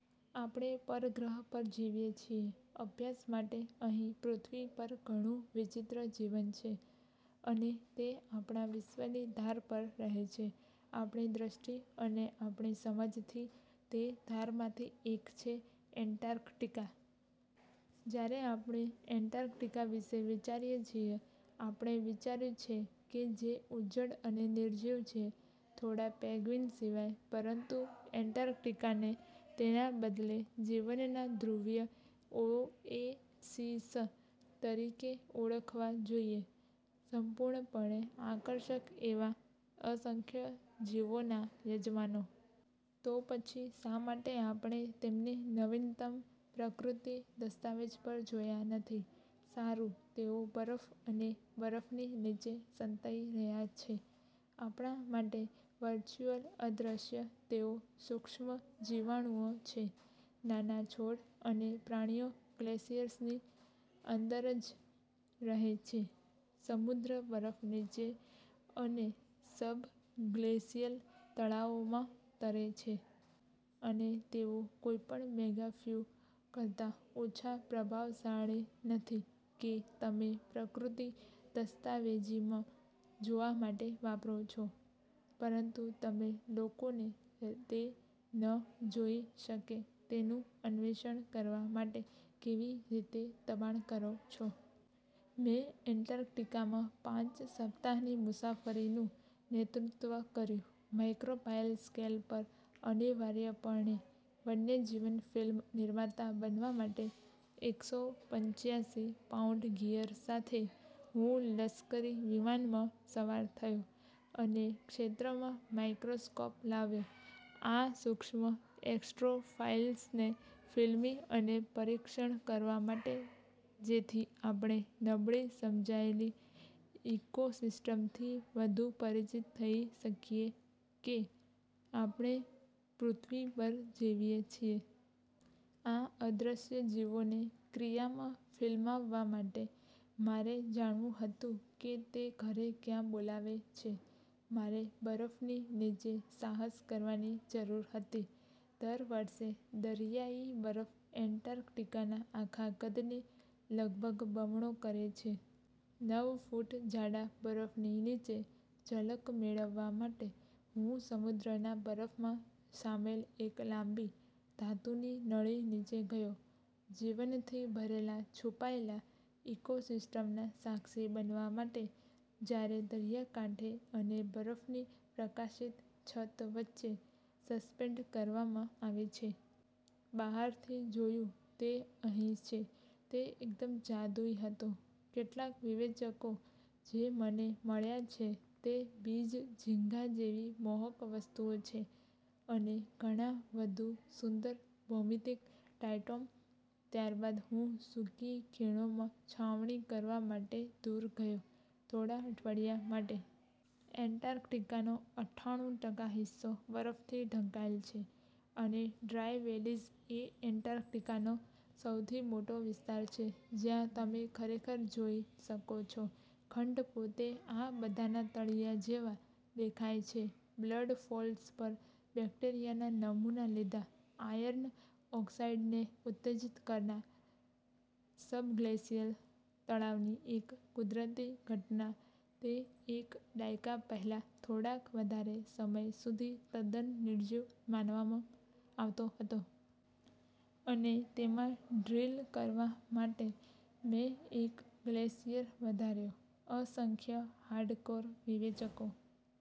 આપણે પરગ્રહ પર જીવીએ છીએ. અભ્યાસ માટે અહીં પૃથ્વી પર ઘણું વિચિત્ર જીવન છે, અને તે આપણા વિશ્વની ધાર પર રહે છે, આપણી દૃષ્ટિ અને આપણી સમજ થી. તે ધારમાંથી એક છે એન્ટાર્કટિકા. જ્યારે આપણે એન્ટાર્કટિકા વિશે વિચારીએ છીએ, આપણે વિચાર્યું છે કે જે ઉજ્જડ અને નિર્જીવ છે... થોડા પેન્ગ્વિન સિવાય. પરંતુ એન્ટાર્કટિકાને તેના બદલે જીવનના ધ્રુવીય ઓએસિસ તરીકે ઓળખવા જોઈએ, સંપૂર્ણપણે આકર્ષક એવા અસંખ્ય જીવોના યજમાનો. તો પછી શા માટે આપણે તેમને નવીનતમ પ્રકૃતિ દસ્તાવેજ પર જોયા નથી? સારું, તેઓ બરફ અને બરફની નીચે સંતાઈ રહ્યા છે. આપણા માટે વર્ચ્યુઅલ અદ્રશ્ય. તેઓ સુક્ષ્મજીવાણુઓ છે: નાના છોડ અને પ્રાણીઓ ગ્લેસિયર્સની અંદર જ રહે છે, સમુદ્ર બરફ નીચે અને સબગ્લેશિયલ તળાવોમાં તરે છે. અને તેઓ કોઈપણ મેગાફ્યુ કરતા ઓછા પ્રભાવશાળી નથી કે તમે પ્રકૃતિ દસ્તાવેજી માં જોવા માટે વાપરો છો. પરંતુ તમે લોકોને તે ન જોઈ શકે તેવું અન્વેષણ કરવા માટે કેવી રીતે દબાણ કરો છો? મેં એન્ટાર્કટિકામાં પાંચ સપ્તાહની મુસાફરીનું નેતૃત્વ કર્યું માઇક્રોબાયલ સ્કેલ પર અનિવાર્યપણે વન્યજીવન ફિલ્મ નિર્માતા બનવા માટે. એકસો પંચ્યાસી પાઉન્ડ ગિયર સાથે, હું લશ્કરી વિમાનમાં સવાર થયો અને ક્ષેત્રમાં માઇક્રોસ્કોપ લાવ્યો આ સૂક્ષ્મ એક્સ્ટ્રોફાઇલ્સને ફિલ્મી અને પરીક્ષણ કરવા માટે, જેથી આપણે નબળી સમજાયેલી ઇકોસિસ્ટમથી વધુ પરિચિત થઈ શકીએ કે આપણે પૃથ્વી પર જીવીએ છીએ. આ અદ્રશ્ય જીવોને ક્રિયામાં ફિલ્માવવા માટે, મારે જાણવું હતું કે તે ઘરે ક્યાં બોલાવે છે મારે બરફની નીચે સાહસ કરવાની જરૂર હતી. દર વર્ષે, દરિયાઈ બરફ એન્ટાર્કટિકાના આખા કદને લગભગ બમણો કરે છે. નવ ફૂટ જાડા બરફની નીચે ઝલક મેળવવા માટે, હું સમુદ્રના બરફમાં શામેલ એક લાંબી, ધાતુની નળી નીચે ગયો જીવનથી ભરેલા છુપાયેલા ઇકોસિસ્ટમના સાક્ષી બનવા માટે, જ્યારે દરિયાકાંઠે અને બરફની પ્રકાશિત છત વચ્ચે સસ્પેન્ડ કરવામાં આવે છે. બહારથી જોયું તે અહીં છે. તે એકદમ જાદુઈ હતો. કેટલાક વિવેચકો જે મને મળ્યાં છે તે બીજ ઝીંગા જેવી મોહક વસ્તુઓ છે અને ઘણા વધુ સુંદર, ભૌમિતિક ડાયટોમ. ત્યારબાદ હું સુકી ખીણોમાં છાવણી કરવા માટે દૂર ગયો થોડા અઠવાડિયા માટે. એન્ટાર્કટિકાનો અઠ્ઠાણું ટકા હિસ્સો બરફથી ઢંકાયેલ છે અને ડ્રાય વેલીઝ એ એન્ટાર્કટિકાનો સૌથી મોટો વિસ્તાર છે જ્યાં તમે ખરેખર જોઈ શકો છો ખંડ પોતે આ બધાના તળિયા જેવા દેખાય છે? બ્લડફોલ્સ પર બેક્ટેરિયાના નમૂના લીધાં, આયર્ન ઓકસાઈડને ઉત્તેજીત કરનાર સબગ્લેશિયલ તળાવની એક કુદરતી ઘટના તે એક દાયકા પહેલાં થોડાક વધારે સમય સુધી તદ્દન નિર્જીવ માનવામાં આવતો હતો. અને તેમાં ડ્રીલ કરવા માટે મેં એક ગ્લેશિયર વધાર્યો, અસંખ્ય, હાર્ડકોર વિવેચકો